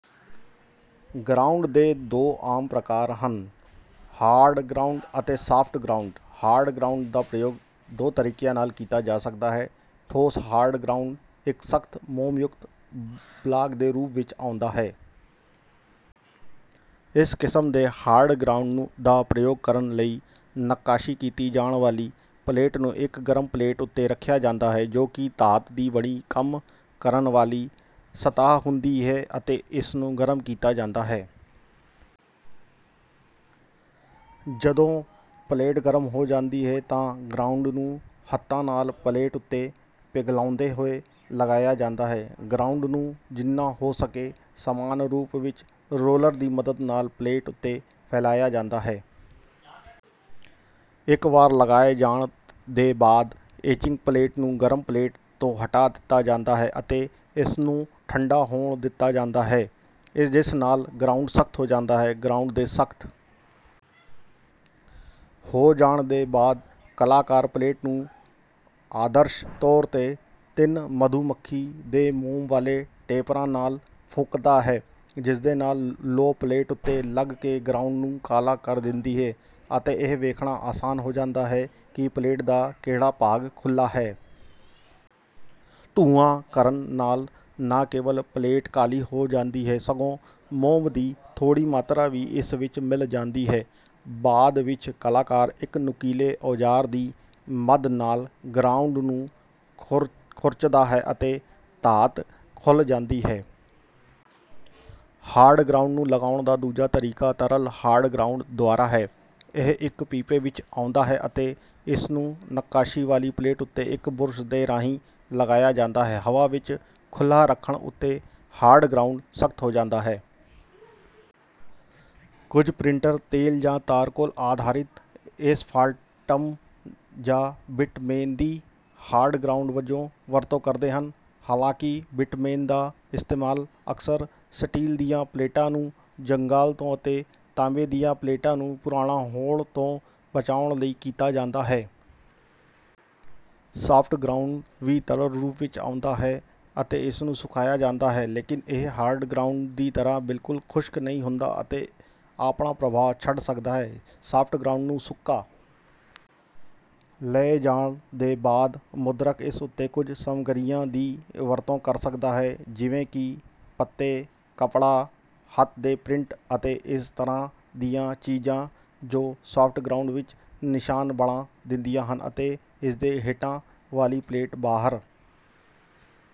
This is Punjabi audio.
ਗਰਾਉਂਡ ਦੇ ਦੋ ਆਮ ਪ੍ਰਕਾਰ ਹਨ: ਹਾਰਡ ਗਰਾਉਂਡ ਅਤੇ ਸਾਫਟ ਗਰਾਉਂਡ। ਹਾਰਡ ਗਰਾਉਂਡ ਦਾ ਪ੍ਰਯੋਗ ਦੋ ਤਰੀਕਿਆਂ ਨਾਲ ਕੀਤਾ ਜਾ ਸਕਦਾ ਹੈ। ਠੋਸ ਹਾਰਡ ਗਰਾਉਂਡ ਇੱਕ ਸਖ਼ਤ ਮੋਮਯੁਕਤ ਬਲਾਕ ਦੇ ਰੂਪ ਵਿੱਚ ਆਉਂਦਾ ਹੈ। ਇਸ ਕਿਸਮ ਦੇ ਹਾਰਡ ਗਰਾਉਂਡ ਦਾ ਪ੍ਰਯੋਗ ਕਰਨ ਲਈ ਨੱਕਾਸ਼ੀ ਕੀਤੀ ਜਾਣ ਵਾਲੀ ਪਲੇਟ ਨੂੰ ਇੱਕ ਗਰਮ ਪਲੇਟ ਉੱਤੇ ਰੱਖਿਆ ਜਾਂਦਾ ਹੈ, ਜੋ ਕਿ ਧਾਤ ਦੀ ਬਣੀ ਕੰਮ ਕਰਨ ਵਾਲੀ ਸਤ੍ਹਾ ਹੁੰਦੀ ਹੈ ਅਤੇ ਇਸਨੂੰ ਗਰਮ ਕੀਤਾ ਜਾਂਦਾ ਹੈ। ਜਦੋਂ ਪਲੇਟ ਗਰਮ ਹੋ ਜਾਂਦੀ ਹੈ ਤਾਂ ਗਰਾਉਂਡ ਨੂੰ ਹੱਥਾਂ ਨਾਲ ਪਲੇਟ ਉੱਤੇ ਪਿਘਲਾਉਂਦੇ ਹੋਏ ਲਗਾਇਆ ਜਾਂਦਾ ਹੈ। ਗਰਾਉਂਡ ਨੂੰ ਜਿੰਨਾ ਹੋ ਸਕੇ ਸਮਾਨ ਰੂਪ ਵਿੱਚ ਰੌਲਰ ਦੀ ਮਦਦ ਨਾਲ ਪਲੇਟ ਉੱਤੇ ਫੈਲਾਇਆ ਜਾਂਦਾ ਹੈ। ਇੱਕ ਵਾਰ ਲਗਾਏ ਜਾਣ ਦੇ ਬਾਅਦ ਐਚਿੰਗ ਪਲੇਟ ਨੂੰ ਗਰਮ ਪਲੇਟ ਤੋਂ ਹਟਾ ਦਿੱਤਾ ਜਾਂਦਾ ਹੈ ਅਤੇ ਇਸਨੂੰ ਠੰਢਾ ਹੋਣ ਦਿੱਤਾ ਜਾਂਦਾ ਹੈ, ਜਿਸ ਨਾਲ ਗਰਾਉਂਡ ਸਖ਼ਤ ਹੋ ਜਾਂਦਾ ਹੈ। ਗਰਾਉਂਡ ਦੇ ਸਖ਼ਤ ਹੋ ਜਾਣ ਦੇ ਬਾਅਦ ਕਲਾਕਾਰ ਪਲੇਟ ਨੂੰ ਆਦਰਸ਼ ਤੌਰ 'ਤੇ ਤਿੰਨ ਮਧੂਮੱਖੀ ਦੇ ਮੋਮ ਵਾਲੇ ਟੇਪਰਾਂ ਨਾਲ ਫੂਕਦਾ ਹੈ, ਜਿਸਦੇ ਨਾਲ ਲੌ ਪਲੇਟ ਉੱਤੇ ਲੱਗ ਕੇ ਗਰਾਉਂਡ ਨੂੰ ਕਾਲਾ ਕਰ ਦਿੰਦੀ ਹੈ ਅਤੇ ਇਹ ਵੇਖਣਾ ਆਸਾਨ ਹੋ ਜਾਂਦਾ ਹੈ ਕਿ ਪਲੇਟ ਦਾ ਕਿਹੜਾ ਭਾਗ ਖੁੱਲ੍ਹਾ ਹੈ। ਧੂੰਆਂ ਕਰਨ ਨਾਲ ਨਾ ਕੇਵਲ ਪਲੇਟ ਕਾਲੀ ਹੋ ਜਾਂਦੀ ਹੈ ਸਗੋਂ ਮੋਮ ਦੀ ਥੋੜ੍ਹੀ ਮਾਤਰਾ ਵੀ ਇਸ ਵਿੱਚ ਮਿਲ ਜਾਂਦੀ ਹੈ। ਬਾਅਦ ਵਿੱਚ ਕਲਾਕਾਰ ਇੱਕ ਨੁਕੀਲੇ ਔਜ਼ਾਰ ਦੀ ਮਦ ਨਾਲ ਗਰਾਉਂਡ ਨੂੰ ਖੁਰਚਦਾ ਹੈ ਅਤੇ ਧਾਤ ਖੁੱਲ੍ਹ ਜਾਂਦੀ ਹੈ। ਹਾਰਡ ਗਰਾਉਂਡ ਨੂੰ ਲਗਾਉਣ ਦਾ ਦੂਜਾ ਤਰੀਕਾ ਤਰਲ ਹਾਰਡ ਗਰਾਉਂਡ ਦੁਆਰਾ ਹੈ। ਇਹ ਇੱਕ ਪੀਪੇ ਵਿੱਚ ਆਉਂਦਾ ਹੈ ਅਤੇ ਇਸਨੂੰ ਨੱਕਾਸ਼ੀ ਵਾਲੀ ਪਲੇਟ ਉੱਤੇ ਇੱਕ ਬੁਰਸ਼ ਦੇ ਰਾਹੀਂ ਲਗਾਇਆ ਜਾਂਦਾ ਹੈ। ਹਵਾ ਵਿੱਚ ਖੁੱਲ੍ਹਾ ਰੱਖਣ ਉੱਤੇ ਹਾਰਡ ਗਰਾਉਂਡ ਸਖ਼ਤ ਹੋ ਜਾਂਦਾ ਹੈ। ਕੁਝ ਪ੍ਰਿੰਟਰ ਤੇਲ ਜਾਂ ਤਾਰਕੋਲ ਆਧਾਰਿਤ ਏਸਫਾਲਟਮ ਜਾਂ ਬਿਟੁਮੇਨ ਦੀ ਹਾਰਡ ਗਰਾਉਂਡ ਵਜੋਂ ਵਰਤੋਂ ਕਰਦੇ ਹਨ, ਹਾਲਾਂਕਿ ਬਿਟੁਮੇਨ ਦਾ ਇਸਤੇਮਾਲ ਅਕਸਰ ਸਟੀਲ ਦੀਆਂ ਪਲੇਟਾਂ ਨੂੰ ਜੰਗਾਲ ਤੋਂ ਅਤੇ ਤਾਂਬੇ ਦੀਆਂ ਪਲੇਟਾਂ ਨੂੰ ਪੁਰਾਣਾ ਹੋਣ ਤੋਂ ਬਚਾਉਣ ਲਈ ਕੀਤਾ ਜਾਂਦਾ ਹੈ। ਸਾਫਟ ਗਰਾਉਂਡ ਵੀ ਤਰਲ ਰੂਪ ਵਿੱਚ ਆਉਂਦਾ ਹੈ ਅਤੇ ਇਸਨੂੰ ਸੁਕਾਇਆ ਜਾਂਦਾ ਹੈ, ਲੇਕਿਨ ਇਹ ਹਾਰਡ ਗਰਾਉਂਡ ਦੀ ਤਰ੍ਹਾਂ ਬਿਲਕੁਲ ਖੁਸ਼ਕ ਨਹੀਂ ਹੁੰਦਾ ਅਤੇ ਆਪਣਾ ਪ੍ਰਭਾਵ ਛੱਡ ਸਕਦਾ ਹੈ। ਸਾਫਟ ਗਰਾਉਂਡ ਨੂੰ ਸੁਕਾ ਲਏ ਜਾਣ ਦੇ ਬਾਅਦ ਮੁਦਰਕ ਇਸ ਉੱਤੇ ਕੁਝ ਸਮੱਗਰੀਆਂ ਦੀ ਵਰਤੋਂ ਕਰ ਸਕਦਾ ਹੈ ਜਿਵੇਂ ਕਿ ਪੱਤੇ, ਕੱਪੜਾ, ਹੱਥ ਦੇ ਪ੍ਰਿੰਟ ਅਤੇ ਇਸੇ ਤਰ੍ਹਾਂ ਦੀਆਂ ਚੀਜ਼ਾਂ, ਜੋ ਸਾਫਟ ਗਰਾਉਂਡ ਵਿੱਚ ਨਿਸ਼ਾਨ ਬਣਾ ਦਿੰਦੀਆਂ ਹਨ ਅਤੇ ਇਸਦੇ ਹੇਠਾਂ ਵਾਲੀ ਪਲੇਟ ਬਾਹਰ